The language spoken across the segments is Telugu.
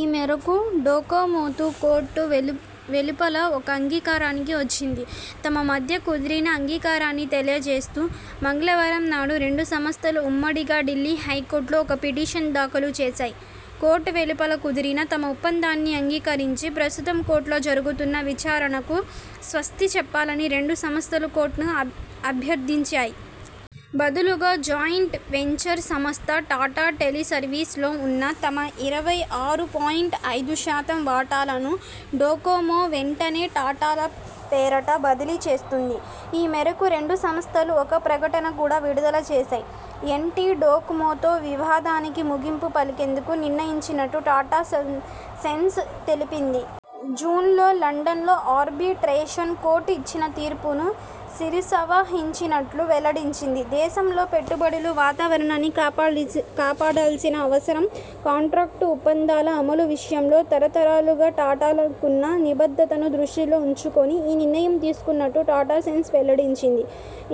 ఈ మేరకు డొకోమోతో కోర్టు వెలుపల ఒక అంగీకారానికి వచ్చింది. తమ మధ్య కుదిరిన అంగీకారాన్ని తెలియజేస్తూ, మంగళవారం నాడు రెండు సంస్థలు ఉమ్మడిగా ఢిల్లీ హైకోర్టులో ఒక పిటిషన్ దాఖలు చేశాయి. కోర్టు వెలుపల కుదిరిన తమ ఒప్పందాన్ని అంగీకరించి, ప్రస్తుతం కోర్టులో జరుగుతున్న విచారణకు స్వస్తిచెప్పాలని రెండు సంస్థలూ కోర్టును అభ్యర్ధించాయి. బదులుగా జాయింట్ వెంచర్ సంస్థ టాటా టెలిసర్వీసెస్ లో ఉన్న తమ ఇరవై ఆరు పాయింట్ ఐదు శాతం వాటాలను డొకోమో వెంటనే టాటాల పేరిట బదిలీ చేస్తుంది. ఈ మేరకు రెండు సంస్థలు ఒక ప్రకటన కూడా విడుదల చేశాయి. ఎన్టిటి డొకోమోతో వివాదానికి ముగింపు పలికేందుకు నిర్ణయించినట్టు టాటా సన్స్ తెలిపింది. జూన్లో లండన్లో ఆర్బిట్రేషన్ కోర్టు ఇచ్చిన తీర్పును శిరసావహించనున్నట్టు వెల్లడించింది. దేశంలో పెట్టుబడుల వాతావరణాన్ని కాపాడాల్సిన అవసరం, కాంట్రాక్టు ఒప్పందాల అమలు విషయంలో తరతరాలుగా టాటాలకున్న నిబద్ధతను దృష్టిలో ఉంచుకొని ఈ నిర్ణయం తీసుకున్నట్టు టాటా సన్స్ వెల్లడించింది.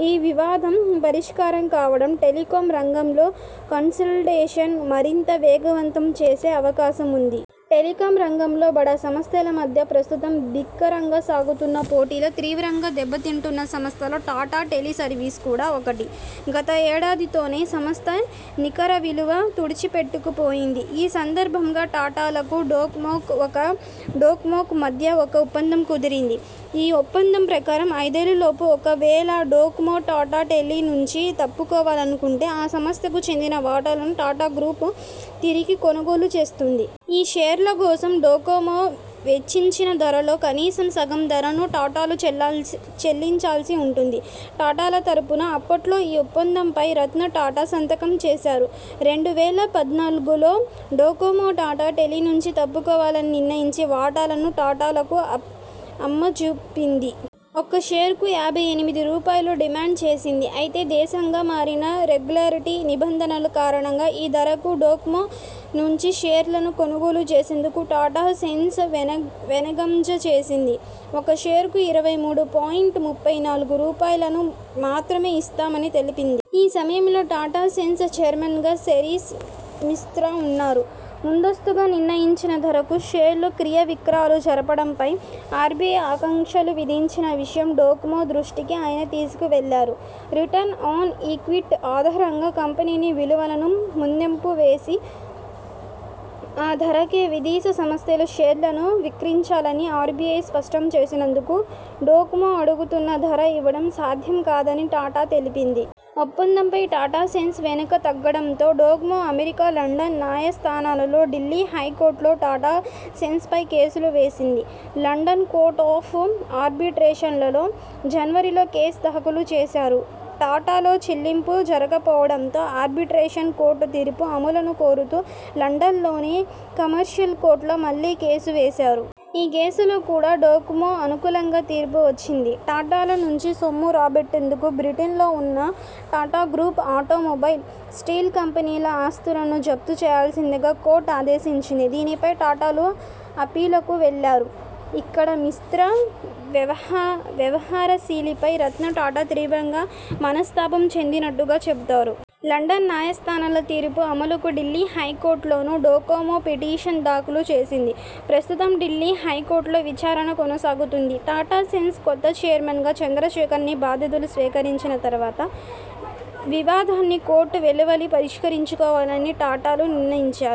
ఈ వివాదం పరిష్కారం కావడం టెలికామ్ రంగంలో కన్సాలిడేషన్ను మరింత వేగవంతం చేసే అవకాశముంది. టెలికామ్ రంగంలో బడా సంస్థల మధ్య ప్రస్తుతం భీకరంగా సాగుతున్న పోటీలో తీవ్రంగా దెబ్బతింటున్న సంస్థల్లో టాటా టెలిసర్వీసెస్ కూడా ఒకటి. గతేడాదితోనే సంస్థ నికరవిలువ తుడిచిపెట్టుకుపోయింది. ఈ సందర్భంగా టాటాలకు డొకోమోకు మధ్య ఒక ఒప్పందం కుదిరింది. ఈ ఒప్పందం ప్రకారం ఐదేళ్లలోపు ఒకవేళ డొకోమో టాటా టెలి నుంచి తప్పుకోవాలనుకుంటే ఆ సంస్థకు చెందిన వాటాలను టాటా గ్రూప్ తిరిగి కొనుగోలు చేస్తుంది. ఈ షేర్ల కోసం డొకోమో వెచ్చించిన ధరలో కనీసం సగం ధరను టాటాలు చెల్లించాల్సి ఉంటుంది. టాటాల తరఫున అప్పట్లో ఈ ఒప్పందంపై రతన్ టాటా సంతకం చేశారు. రెండు వేల పద్నాలుగులో డొకోమో టాటా టెలి నుంచి తప్పుకోవాలని నిర్ణయించి, వాటాలను టాటాలకు అమ్మజూపింది. ఒక్కో షేరుకు యాభై ఎనిమిది రూపాయలను డిమాండ్ చేసింది. అయితే, దేశీయంగా మారిన రెగ్యులేటరీ నిబంధనల కారణంగా, ఈ ధరకు డొకోమో నుంచి షేర్లను కొనుగోలు చేసేందుకు టాటా సన్స్ వెనకంజ వేసింది. ఒక్కో షేరుకు ఇరవై మూడు పాయింట్ ముప్పై నాలుగు రూపాయలను మాత్రమే ఇస్తామని తెలిపింది. ఈ సమయంలో టాటా సన్స్ చైర్మన్గా సైరస్ మిస్త్ర ఉన్నారు. ముందస్తుగా నిర్ణయించిన ధరకు షేర్ల క్రయవిక్రయాలు జరపడంపై ఆర్బిఐ ఆంక్షలు విధించిన విషయం డొకోమో దృష్టికి ఆయన తీసుకెళ్లారు. రిటర్న్ ఆన్ ఈక్విటీ ఆధారంగా కంపెనీ విలువను మదింపువేసి ఆ ధరకే విదేశీ సంస్థలు షేర్లను విక్రయించాలని ఆర్బిఐ స్పష్టం చేసినందున డొకోమో అడుగుతున్న ధర ఇవ్వడం సాధ్యం కాదని టాటా తెలిపింది. ఒప్పందంపై టాటా సన్స్ వెనక్కితగ్గడంతో, డొకోమో అమెరికా, లండన్ న్యాయస్థానాల్లోనూ ఢిల్లీ హై కోర్టులోనూ టాటా సన్స్ పై కేసులు వేసింది. లండన్ కోర్ట్ ఆఫ్ ఆర్బిట్రేషన్లోనూ జనవరిలో కేసు దాఖలు చేశారు. టాటాలు చెల్లింపులు జరపకపోవడంతో ఆర్బిట్రేషన్ కోర్టు తీర్పు అమలును కోరుతూ లండన్లోని కమర్షియల్ కోర్టులో మళ్లీ కేసు వేశారు. ఈ కేసులో కూడా డొకోమోకు అనుకూలంగా తీర్పు వచ్చింది. టాటాల నుంచి సొమ్ము రాబట్టేందుకు బ్రిటన్లో ఉన్న టాటా గ్రూప్ ఆటోమొబైల్, స్టీల్ కంపెనీల ఆస్తులను జప్తు చేయాల్సిందిగా కోర్టు ఆదేశించింది. దీనిపై టాటాలు అప్పీలుకు వెళ్లారు. ఇక్కడే మిస్త్ర వ్యవహారశైలిపై రతన్ టాటా తీవ్రంగా మనస్తాపం చెందినట్టుగా చెబుతారు. లండన్ న్యాయస్థానాల తీర్పు అమలుకు ఢిల్లీ హైకోర్టులో నూ డొకోమో పిటిషన్ దాఖలు చేసింది. ప్రస్తుతం ఢిల్లీ హైకోర్టులో విచారణ కొనసాగుతోంది. టాటా సన్స్ కొత్త చైర్మన్గా చంద్రశేఖరన్ బాధ్యతలు స్వీకరించిన తర్వాత వివాదాన్ని కోర్టు వెలుపలే పరిష్కరించుకోవాలని టాటాలు నిర్ణయించారు.